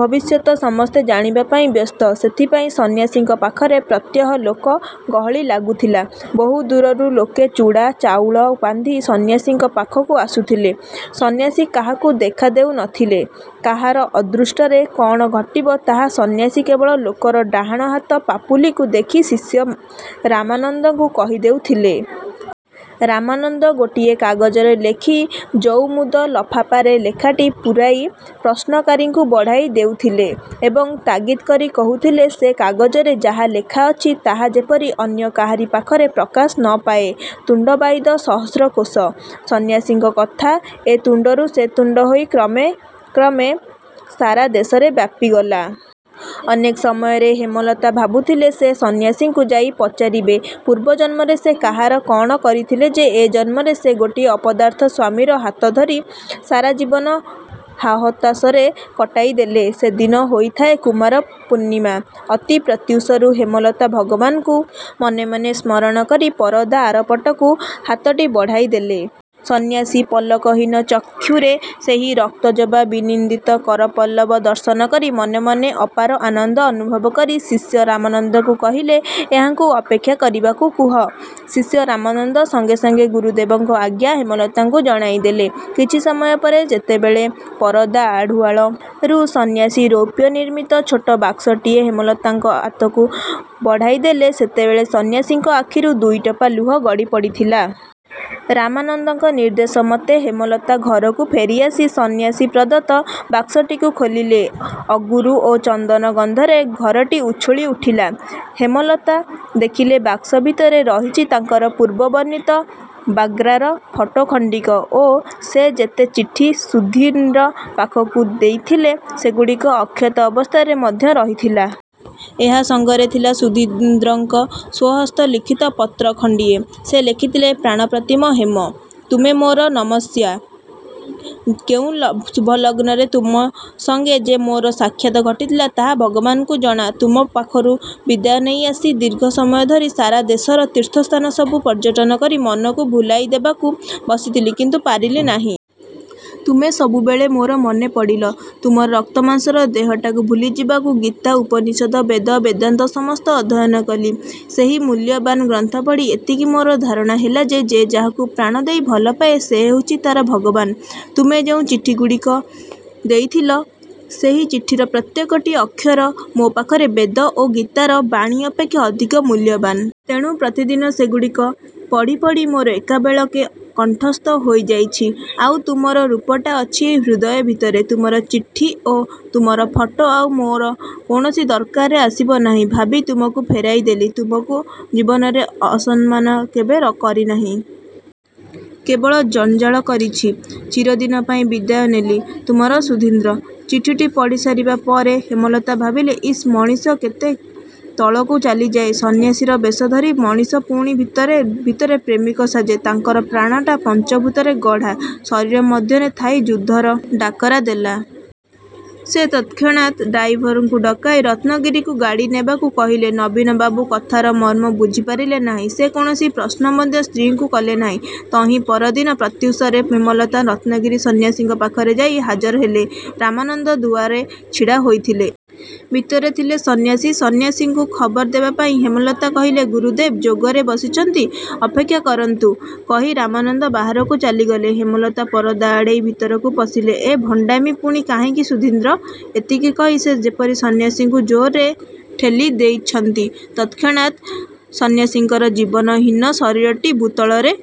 ଭବିଷ୍ୟତ ସମସ୍ତେ ଜାଣିବା ପାଇଁ ବ୍ୟସ୍ତ। ସେଥିପାଇଁ ସନ୍ୟାସୀଙ୍କ ପାଖରେ ପ୍ରତ୍ୟହ ଲୋକ ଗହଳି ଲାଗୁଥିଲା। ବହୁ ଦୂରରୁ ଲୋକେ ଚୁଡ଼ା, ଚାଉଳ ବାନ୍ଧି ସନ୍ୟାସୀଙ୍କ ପାଖକୁ ଆସୁଥିଲେ। ସନ୍ୟାସୀ କାହାକୁ ଦେଖାଦେଉନଥିଲେ। କାହାର ଅଦୃଷ୍ଟରେ କ'ଣ ଘଟିବ ତାହା ସନ୍ୟାସୀ କେବଳ ଲୋକର ଡାହାଣ ହାତ ପାପୁଲିକୁ ଦେଖି ଶିଷ୍ୟ ରାମାନନ୍ଦଙ୍କୁ କହିଦେଉଥିଲେ। ରାମାନନ୍ଦ ଗୋଟିଏ କାଗଜରେ ଲେଖି ଜଉମୁଦ ଲଫାପାରେ ଲେଖାଟି ପୂରାଇ ପ୍ରଶ୍ନକାରୀକୁ ବଢ଼ାଇ ଦେଉଥିଲେ ଏବଂ ତାଗିଦ୍ କରି କହୁଥିଲେ ସେ କାଗଜରେ ଯାହା ଲେଖାଅଛି ତାହା ଯେପରି ଅନ୍ୟ କାହାରି ପାଖରେ ପ୍ରକାଶ ନ ପାଏ। ତୁଣ୍ଡ ବାଇଦ ସହସ୍ର କୋଶ। ସନ୍ୟାସୀଙ୍କ କଥା ଏ ତୁଣ୍ଡରୁ ସେ ତୁଣ୍ଡ ହୋଇ କ୍ରମେ କ୍ରମେ ସାରା ଦେଶରେ ବ୍ଯାପିଗଲା। ଅନେକ ସମୟରେ ହେମଲତା ଭାବୁଥିଲେ ସେ ସନ୍ୟାସୀଙ୍କୁ ଯାଇ ପଚାରିବେ ପୂର୍ବ ଜନ୍ମରେ ସେ କାହାର କ'ଣ କରିଥିଲେ ଯେ ଏ ଜନ୍ମରେ ସେ ଗୋଟିଏ ଅପଦାର୍ଥ ସ୍ୱାମୀର ହାତଧରି ସାରା ଜୀବନ ହାହତାଶରେ କଟାଇଦେଲେ। ସେଦିନ ହୋଇଥାଏ କୁମାରପୂର୍ଣ୍ଣିମା। ଅତି ପ୍ରତ୍ୟୁଷରୁ ହେମଲତା ଭଗବାନଙ୍କୁ ମନେମନେ ସ୍ମରଣ କରି ପରଦା ଆରପଟକୁ ହାତଟି ବଢ଼ାଇଦେଲେ। ସନ୍ୟାସୀ ପଲକହୀନ ଚକ୍ଷୁରେ ସେହି ରକ୍ତଜବା ବିନିନ୍ଦିତ କରପଲ୍ଲବ ଦର୍ଶନ କରି ମନେମନେ ଅପାର ଆନନ୍ଦ ଅନୁଭବ କରି ଶିଷ୍ୟ ରାମାନନ୍ଦଙ୍କୁ କହିଲେ, ''ଏହାଙ୍କୁ ଅପେକ୍ଷା କରିବାକୁ କୁହ। '' ଶିଷ୍ୟ ରାମାନନ୍ଦ ସଙ୍ଗେ ସଙ୍ଗେ ଗୁରୁଦେବଙ୍କ ଆଜ୍ଞା ହେମଲତାଙ୍କୁ ଜଣାଇଦେଲେ। କିଛି ସମୟ ପରେ ଯେତେବେଳେ ପରଦା ଆଢ଼ୁଆଳରୁ ସନ୍ୟାସୀ ରୌପ୍ୟ ନିର୍ମିତ ଛୋଟ ବାକ୍ସଟିଏ ହେମଲତାଙ୍କ ହାତକୁ ବଢ଼ାଇଦେଲେ, ସେତେବେଳେ ସନ୍ୟାସୀଙ୍କ ଆଖିରୁ ଦୁଇଟୋପା ଲୁହ ଗଡ଼ି ପଡ଼ିଥିଲା। ରାମାନନ୍ଦଙ୍କ ନିର୍ଦ୍ଦେଶମତେ ହେମଲତା ଘରକୁ ଫେରିଆସି ସନ୍ୟାସୀ ପ୍ରଦତ୍ତ ବାକ୍ସଟିକୁ ଖୋଲିଲେ। ଅଗୁରୁ ଓ ଚନ୍ଦନ ଗନ୍ଧରେ ଘରଟି ଉଛୁଳିଉଠିଲା। ହେମଲତା ଦେଖିଲେ ବାକ୍ସ ଭିତରେ ରହିଛି ତାଙ୍କର ପୂର୍ବ ବର୍ଣ୍ଣିତ ବାଗ୍ରାର ଫଟୋ ଖଣ୍ଡିକ ଓ ସେ ଯେତେ ଚିଠି ସୁଧୀନ୍ଦ୍ର ପାଖକୁ ଦେଇଥିଲେ, ସେଗୁଡ଼ିକ ଅକ୍ଷତ ଅବସ୍ଥାରେ ମଧ୍ୟ ରହିଥିଲା। ଏହା ସଙ୍ଗରେ ଥିଲା ସୁଧୀନ୍ଦ୍ରଙ୍କ ସ୍ୱହସ୍ତ ଲିଖିତ ପତ୍ର ଖଣ୍ଡିଏ। ସେ ଲେଖିଥିଲେ ''ପ୍ରାଣପ୍ରତିମ ହେମ! '' ତୁମେ ମୋର ନମସ୍ୟା। କେଉଁ ଶୁଭଲଗ୍ନରେ ତୁମ ସଙ୍ଗେ ଯେ ମୋର ସାକ୍ଷାତ ଘଟିଥିଲା, ତାହା ଭଗବାନଙ୍କୁ ଜଣା। ତୁମ ପାଖରୁ ବିଦାୟ ନେଇ ଆସି ଦୀର୍ଘସମୟ ଧରି ସାରାଦେଶର ତୀର୍ଥସ୍ଥାନ ସବୁ ପର୍ଯ୍ୟଟନ କରି ମନକୁ ଭୁଲାଇ ଦେବାକୁ ବସିଥିଲି କିନ୍ତୁ ପାରିଲି ନାହିଁ-। ତୁମେ ସବୁବେଳେ ମୋର ମନେପଡ଼ିଲ। ତୁମର ରକ୍ତମାଂସର ଦେହଟାକୁ ଭୁଲିଯିବାକୁ ଗୀତା, ଉପନିଷଦ, ବେଦ, ବେଦାନ୍ତ ସମସ୍ତ ଅଧ୍ୟୟନ କଲି। ସେହି ମୂଲ୍ୟବାନ୍ ଗ୍ରନ୍ଥ ପଢ଼ି ଏତିକି ମୋର ଧାରଣା ହେଲା ଯେ, ଯେ ଯାହାକୁ ପ୍ରାଣଦେଇ ଭଲପାଏ ସେ ହେଉଛି ତା'ର ଭଗବାନ। ତୁମେ ଯେଉଁ ଚିଠିଗୁଡ଼ିକ ଦେଇଥିଲ, ସେହି ଚିଠିର ପ୍ରତ୍ୟେକଟି ଅକ୍ଷର ମୋ ପାଖରେ ବେଦ ଓ ଗୀତାର ବାଣୀ ଅପେକ୍ଷା ଅଧିକ ମୂଲ୍ୟବାନ। ତେଣୁ ପ୍ରତିଦିନ ସେଗୁଡ଼ିକ ପଢ଼ିପଢ଼ି ମୋର ଏକାବେଳକେ କଣ୍ଠସ୍ଥ ହୋଇଯାଇଛି। ଆଉ ତୁମର ରୂପଟା ଅଛି ଏହି ହୃଦୟ ଭିତରେ। ତୁମର ଚିଠି ଓ ତୁମର ଫଟୋ ଆଉ ମୋର କୌଣସି ଦରକାରରେ ଆସିବ ନାହିଁ ଭାବି ତୁମକୁ ଫେରାଇଦେଲି। ତୁମକୁ ଜୀବନରେ ଅସମ୍ମାନ କେବେ କରିନାହିଁ। କେବଳ ଜଞ୍ଜାଳ କରିଛି-। ଚିରଦିନ ପାଇଁ ବିଦାୟ ନେଲି। ତୁମର ସୁଧୀନ୍ଦ୍ର। '' ଚିଠିଟି ପଢ଼ିସାରିବା ପରେ ହେମଲତା ଭାବିଲେ, ''ଇସ୍ ମଣିଷ କେତେ ତଳକୁ ଚାଲିଯାଏ। ସନ୍ୟାସୀର ବେଶଧରି ମଣିଷ ପୁଣି ଭିତରେ ଭିତରେ ପ୍ରେମିକ ସାଜେ? '' ତାଙ୍କର ପ୍ରାଣଟା ପଞ୍ଚଭୂତରେ ଗଢ଼ା ଶରୀର ମଧ୍ୟରେ ଥାଇ ଯୁଦ୍ଧର ଡାକରା ଦେଲା। ସେ ତତ୍କ୍ଷଣାତ ଡ୍ରାଇଭରକୁ ଡକାଇ ରତ୍ନଗିରିକୁ ଗାଡ଼ି ନେବାକୁ କହିଲେ। ନବୀନବାବୁ କଥାର ମର୍ମ ବୁଝିପାରିଲେ ନାହିଁ। ସେ କୌଣସି ପ୍ରଶ୍ନ ମଧ୍ୟ ସ୍ତ୍ରୀକୁ କଲେ ନାହିଁ। ତହିଁ ପରଦିନ ପ୍ରତ୍ୟୁଷରେ ହେମଲତା ରତ୍ନଗିରି ସନ୍ୟାସୀଙ୍କ ପାଖରେ ଯାଇ ହାଜର ହେଲେ। ରାମାନନ୍ଦ ଦୁଆରେ ଛିଡ଼ା ହୋଇଥିଲେ। ଭିତରେ ଥିଲେ ସନ୍ୟାସୀ। ସନ୍ୟାସୀଙ୍କୁ ଖବର ଦେବାପାଇଁ ହେମଲତା କହିଲେ। ''ଗୁରୁଦେବ ଯୋଗରେ ବସିଛନ୍ତି। ଅପେକ୍ଷା କରନ୍ତୁ। '' କହି ରାମାନନ୍ଦ ବାହାରକୁ ଚାଲିଗଲେ। ହେମଲତା ପରଦା ଆଡ଼େଇ ଭିତରକୁ ପଶିଲେ। ''ଏ ଭଣ୍ଡାମି ପୁଣି କାହିଁକି ସୁଧୀନ୍ଦ୍ର? '' ଏତିକି କହି ସେ ଯେପରି ସନ୍ୟାସୀଙ୍କୁ ଜୋରରେ ଠେଲି ଦେଇଛନ୍ତି ତତ୍କ୍ଷଣାତ୍ ସନ୍ୟାସୀଙ୍କର ଜୀବନହୀନ ଶରୀରଟି ଭୂତଳରେ।